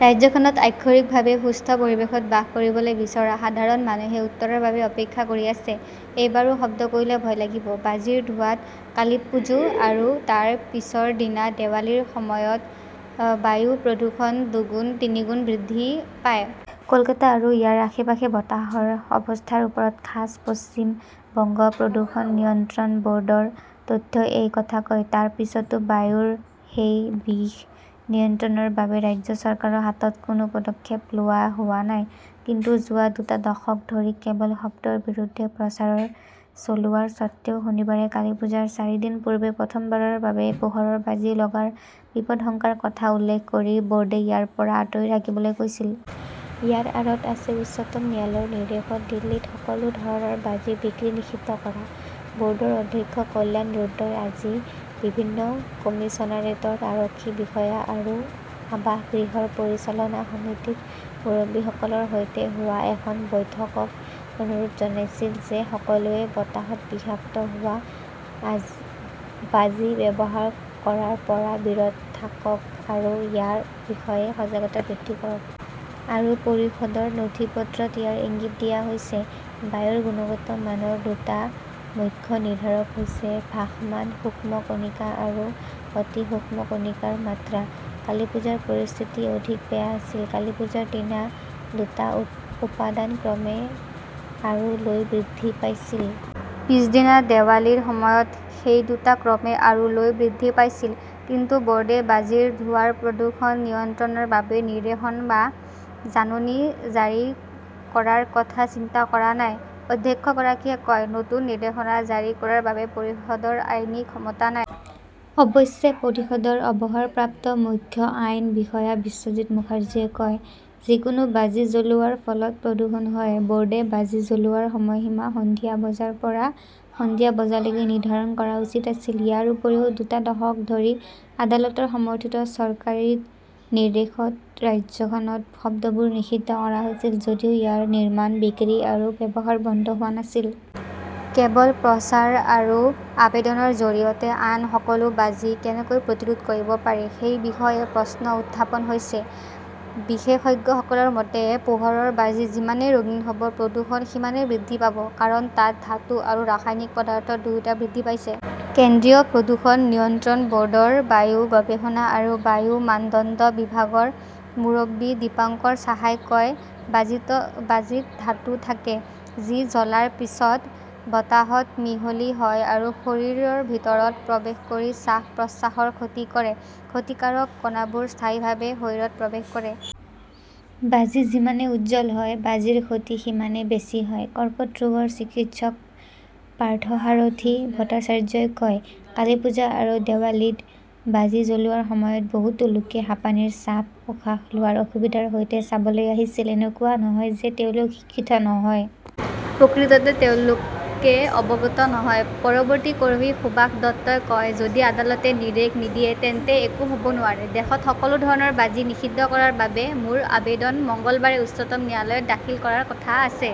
ৰাজ্যখনত আক্ষৰিকভাৱে সুস্থ পৰিৱেশত বাস কৰিবলৈ বিচৰা সাধাৰণ মানুহে উত্তৰৰ বাবে অপেক্ষা কৰি আছে। এইবাৰো শব্দ কৰিলে ভয় লাগিব। বাজিৰ ধোঁৱাত কালিপ্পুজো আৰু তাৰ পিছৰ দিনা দেৱালীৰ সময়ত বায়ু প্ৰদূষণ দুগুণ-তিনিগুণ বৃদ্ধি পায়। কলকাতা আৰু ইয়াৰ আশে-পাশে বতাহৰ অৱস্থাৰ ওপৰত খাছ পশ্চিম বংগ প্ৰদূষণ নিয়ন্ত্ৰণ বৰ্ডৰ তথ্যই এই কথা কয়। তাৰ পিছতো বায়ুৰ সেই বিষ নিয়ন্ত্ৰণৰ বাবে ৰাজ্য চৰকাৰৰ হাতত কোনো পদক্ষেপ লোৱা হোৱা নাই। কিন্তু যোৱা দুটা দশক ধৰি কেৱল শব্দৰ বিৰুদ্ধে প্ৰচাৰ চলোৱাৰ স্বত্ত্বেও শনিবাৰে কালীপুজাৰ চাৰিদিন পূৰ্বে প্ৰথমবাৰৰ বাবে পোহৰৰ বাজি লগাৰ বিপদাশংকাৰ কথা উল্লেখ কৰি বোৰ্ডে ইয়াৰ পৰা আঁতৰি থাকিবলৈ কৈছিল। ইয়াৰ আঁৰত আছে উচ্চতম ন্যায়ালয়ৰ নিৰ্দেশত দিল্লীত সকলো ধৰণৰ বাজি বিক্ৰী নিষিদ্ধ কৰা। বৰ্ডৰ অধ্যক্ষ কল্যাণ ৰুদ্ৰই আজি বিভিন্ন কমিচনাৰেটৰ আৰক্ষী বিষয়া আৰু আৱাসগৃহৰ পৰিচালনা সমিতিৰ মুৰব্বীসকলৰ সৈতে হোৱা এখন বৈঠকত অনুৰোধ জনাইছিল যে সকলোৱে বতাহত বিষাক্ত হোৱা বাজি ব্যৱহাৰ কৰাৰ পৰা বিৰত থাকক আৰু ইয়াৰ বিষয়ে সজাগতা বৃদ্ধি কৰক। আৰু পৰিষদৰ নথিপত্ৰত ইয়াৰ ইংগিত দিয়া হৈছে। বায়ুৰ গুণগত মানৰ দুটা মুখ্য নিৰ্ধাৰক হৈছে ভাসমান সূক্ষ্ম কণিকা আৰু অতি সূক্ষ্ম কণিকা ৰ মাত্ৰা। কালীপূজা ৰ পৰিস্থিতি অধিক বেয়া আছিল। কালীপূজা ৰ দিনা দুটা উপ উপাদান ক্ৰমে আৰু লৈ বৃদ্ধি পাইছিল। পিছদিনা দেৱালীৰ সময়ত সেই দুটা ক্ৰমে আৰু লৈ বৃদ্ধি পাইছিল। কিন্তু বৰ্ডে বাজিৰ ধোঁৱাৰ প্ৰদূষণ নিয়ন্ত্ৰণৰ বাবে নিৰ্দেশন বা জাননী জাৰি কৰাৰ কথা চিন্তা কৰা নাই। অধ্যক্ষগৰাকীয়ে কয়, নতুন নিৰ্দেশনা জাৰি কৰাৰ বাবে পৰিষদৰ আইনী ক্ষমতা নাই। অৱশ্যে, পৰিষদৰ অৱসৰপ্ৰাপ্ত মুখ্য আইন বিষয়া বিশ্বজিত মুখাৰ্জীয়ে কয়, যিকোনো বাজি জ্বলোৱাৰ ফলত প্ৰদূষণ হয়। বৰ্ডে বাজি জ্বলোৱাৰ সময়সীমা সন্ধিয়া বজাৰ পৰা সন্ধিয়া বজালৈকে নিৰ্ধাৰণ কৰা উচিত আছিল। ইয়াৰ উপৰিও, দুটা দশক ধৰি আদালতৰ সমৰ্থিত চৰকাৰী নিৰ্দেশত ৰাজ্যখনত শব্দবোৰ নিষিদ্ধ কৰা হৈছিল যদিও ইয়াৰ নিৰ্মাণ, বিক্ৰী আৰু ব্যৱহাৰ বন্ধ হোৱা নাছিল। কেৱল প্ৰচাৰ আৰু আবেদনৰ জৰিয়তে আন সকলো বাজি কেনেকৈ প্ৰতিৰোধ কৰিব পাৰি সেই বিষয়ে প্ৰশ্ন উত্থাপন হৈছে। বিশেষজ্ঞসকলৰ মতে, পোহৰৰ বাজি যিমানেই ৰঙীন হব, প্ৰদূষণ সিমানেই বৃদ্ধি পাব। কাৰণ, তাত ধাতু আৰু ৰাসায়নিক পদাৰ্থ দুয়োটা বৃদ্ধি পাইছে। কেন্দ্ৰীয় প্ৰদূষণ নিয়ন্ত্ৰণ বৰ্ডৰ বায়ু গৱেষণা আৰু বায়ু মানদণ্ড বিভাগৰ মুৰব্বী দীপাঙ্কাৰ সাহাই কয়, বাজীত বাজীত ধাতু থাকে। যি জ্বলাৰ পিছত বতাহত মিহলি হয় আৰু শৰীৰৰ ভিতৰত প্ৰৱেশ কৰি শ্বাস-প্ৰশ্বাসৰ ক্ষতি কৰে। ক্ষতিকাৰক কণাবোৰ স্থায়ীভাৱে শৰীৰত প্ৰৱেশ কৰে। বাজি যিমানেই উজ্জ্বল হয়, বাজিৰ ক্ষতি সিমানেই বেছি হয়। কৰ্কট ৰোগৰ চিকিৎসক পাৰ্থসাৰথী ভট্টাচাৰ্যই কয়, কালীপূজা আৰু দেৱালীত বাজি জ্বলোৱাৰ সময়ত বহুতো লোকে হাঁপানীৰ চাপ, উশাহ লোৱাৰ অসুবিধাৰ সৈতে চাবলৈ আহিছিল। এনেকুৱা নহয় যে তেওঁলোক শিক্ষিত নহয়। প্ৰকৃততে তেওঁলোকে অৱগত নহয়। পৰৱৰ্তী কৰ্মী সুভাষ দত্তই কয়, যদি আদালতে নিৰ্দেশ নিদিয়ে তেন্তে একো হ'ব নোৱাৰে। দেশত সকলো ধৰণৰ বাজি নিষিদ্ধ কৰাৰ বাবে মোৰ আবেদন মঙলবাৰে উচ্চতম ন্যায়ালয়ত দাখিল কৰাৰ কথা আছে।